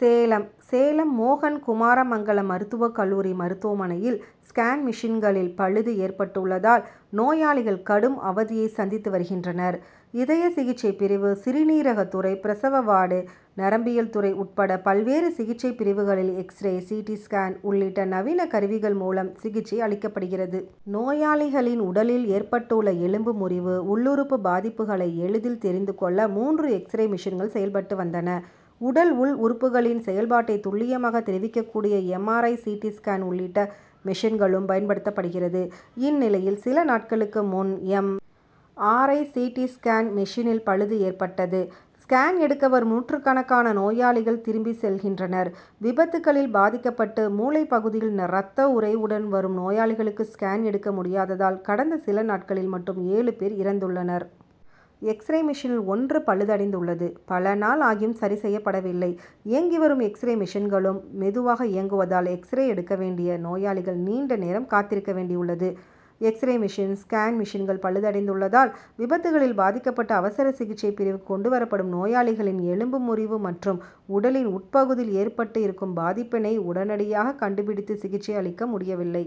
சேலம் சேலம் மோகன் குமாரமங்கலம் மருத்துவக் கல்லூரி மருத்துவமனையில் ஸ்கேன் மெஷின்களில் பழுது ஏற்பட்டுள்ளதால், நோயாளிகள் கடும் அவதியை சந்தித்து வருகின்றனர். இதய சிகிச்சை பிரிவு, சிறுநீரகத்துறை, பிரசவ வார்டு, நரம்பியல் துறை உட்பட பல்வேறு சிகிச்சை பிரிவுகளில் எக்ஸ்ரே, சி. டி., ஸ்கேன் உள்ளிட்ட நவீன கருவிகள் மூலம் சிகிச்சை அளிக்கப்படுகிறது. நோயாளிகளின் உடலில் ஏற்பட்டுள்ள எலும்பு முறிவு, உள்ளுறுப்பு பாதிப்புகளை எளிதில் தெரிந்து கொள்ள மூன்று எக்ஸ்ரே மெஷின்கள் செயல்பட்டு வந்தன. உடல் உள் உறுப்புகளின் செயல்பாட்டை துல்லியமாக தெரிவிக்கக் கூடிய M. R. I., C. T., scan உள்ளிட்ட மெஷின்களும் பயன் படுத்தப்படுகிறது. இந்நிலையில் சில நாட்களுக்கு முன் M. R. I., C. T., scan மெஷினில் பழுது ஏற்பட்டது. ஸ்கேன் எடுக்க வரும் நூற்றுக்கணக்கான நோயாளிகள் திரும்பிச் செல்கின்றனர். விபத்துக்களில் பாதிக்கப்பட்டு மூளை பகுதியில் ரத்த உறைவுடன் வரும் நோயாளிகளுக்கு ஸ்கேன் எடுக்க முடியாததால், கடந்த சில நாட்களில் மட்டும் ஏழு பேர் இறந்துள்ளனர். எக்ஸ்ரே மெஷினில் ஒன்று பழுதடைந்துள்ளது. பல நாள் ஆகியும் சரி செய்யப்பட வில்லை. இயங்கி வரும் எக்ஸ்ரே மெஷின்களும் மெதுவாக இயங்குவதால் எக்ஸ்ரே எடுக்க வேண்டிய நோயாளிகள் நீண்ட நேரம் காத்திருக்க வேண்டியுள்ளது. எக்ஸ்ரே மெஷின், ஸ்கேன் மெஷின்கள் பழுதடைந்துள்ளதால் விபத்துக்களில் பாதிக்கப்பட்டு அவசர சிகிச்சை பிரிவுக்கு கொண்டு வரப்படும் நோயாளிகளின் எலும்பு முறிவு மற்றும் உடலின் உட்பகுதியில் ஏற்பட்டு இருக்கும் பாதிப்பினை உடனடியாக கண்டு பிடித்து சிகிச்சை அளிக்க முடியவில்லை.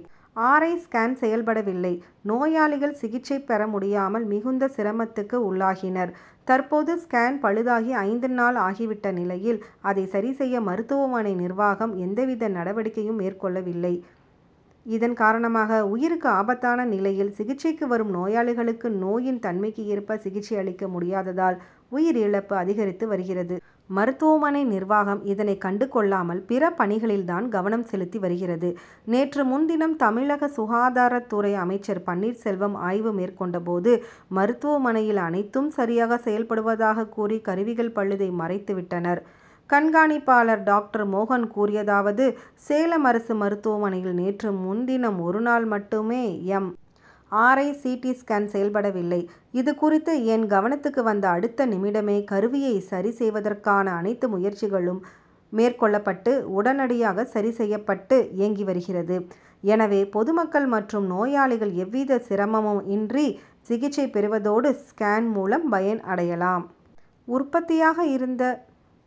ஆர். ஐ., ஸ்கேன் செயல்பட வில்லை. நோயாளிகள் சிகிச்சை பெற முடியால் மிகுந்த சிரமத்துக்கு உள்ளாகினர். தற்போது ஸ்கேன் பழுதாகி ஐந்து நாள் ஆகி விட்ட நிலையில், அதை சரி செய்ய மருத்துவமனை நிர்வாகம் எவ்வித நடவடிக்கையும் மேற் கொள்ளவில்லை. இதன் காரணமாக உயிருக்கு ஆபத்தான நிலையில் சிகிச்சைக்கு வரும் நோயாளிகளுக்கு நோயின் தன்மைக்கு ஏற்ப சிகிச்சை அளிக்க முடியாததால், உயிர் இழப்பு அதிகரித்து வருகிறது. மருத்துவமனை நிர்வாகம் இதனை கண்டு கொள்ளாமல் பிற பணிகளில் தான் கவனம் செலுத்தி வருகிறது. நேற்று முன்தினம் தமிழக சுகாதாரத்துறை அமைச்சர் பன்னீர் செல்வம் ஆய்வு மேற் கொண்ட போது, மருத்துவமனையில் அனைத்தும் சரியாக செயல்படுவதாக கூறி கருவிகள் பழுதை மறைத்து விட்டனர். கண்காணிப்பாளர் டாக்டர் மோகன் கூறியதாவது சேலம் அரசு மருத்துவமனையில் நேற்று முன்தினம் ஒரு நாள் மட்டுமே M. R. I., C. T., scan செயல்பட வில்லை. இது குறித்து என் கவனத்துக்கு வந்த அடுத்த நிமிடமே கருவியை சரி செய்வதற்கான அனைத்து முயற்சிகளும் மேற் கொள்ளப்பட்டு உடனடியாக சரி செய்யப்பட்டு இயங்கி வருகிறது. எனவே பொதுமக்கள் மற்றும் நோயாளிகள் எவ்வித சிரமம் இன்றி சிகிச்சை பெருவதோடு ஸ்கேன் மூலம் பயன் அடையலாம். உற்பத்தியாக இருந்த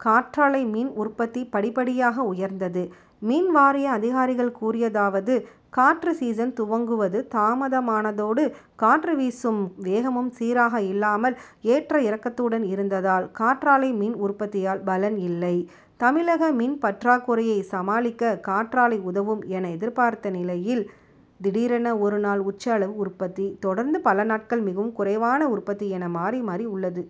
காற்றாலை மின் உற்பத்தி படிப்படியாக உயர்ந்தது. மின் வாரிய அதிகாரிகள் கூறியதாவது காற்று சீசன் துவங்குவது தாமதமானதோடு, காற்று வீசும் வேகமும் சீராக இல்லாமல்; ஏற்ற இறக்கங்களுடன் இருந்ததால் காற்றாலை மின் உற்பத்தியால் பலன் இல்லை. தமிழக மின் பற்றாக்குறையை சமாளிக்க காற்றாலை உதவும் என எதிர்பார்த்திருந்த நிலையில், திடீரென ஒரு நாள் உச்ச அளவு உற்பத்தி; தொடர்ந்து பல நாட்கள் மிகவும் குறைவான உற்பத்தி என மாறி, மாறி உள்ளது.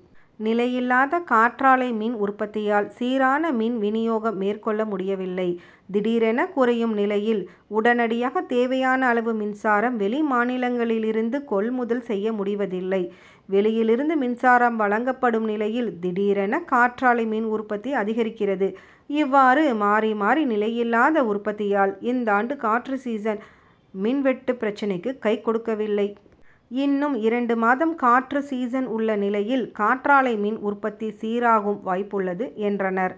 நிலையில்லாத காற்றாலை மின் உற்பத்தியால், சீரான மின் வினியோகம் மேற்கொள்ள முடியவில்லை. திடீரென குறையும் நிலையில், உடனடியாக தேவையான அளவு மின்சாரம் வெளிமாநிலங்களிலிருந்து கொள்முதல் செய்ய முடிவதில்லை. வெளியிலிருந்து மின்சாரம் வாங்கப்படும் நிலையில், திடீரென காற்றாலை மின் உற்பத்தி அதிகரிக்கிறது. இவ்வாறு, மாறி, மாறி நிலையில்லாத உற்பத்தியால் இந்தாண்டு காற்று சீசன் மின் வெட்டு பிரச்னைக்கு கை கொடுக்கவில்லை. இன்னும் இரண்டு மாதம் காற்று சீசன் உள்ள நிலையில், காற்றாலை மின் உற்பத்தி சீராகும் வாய்ப்புள்ளது, என்றனர்.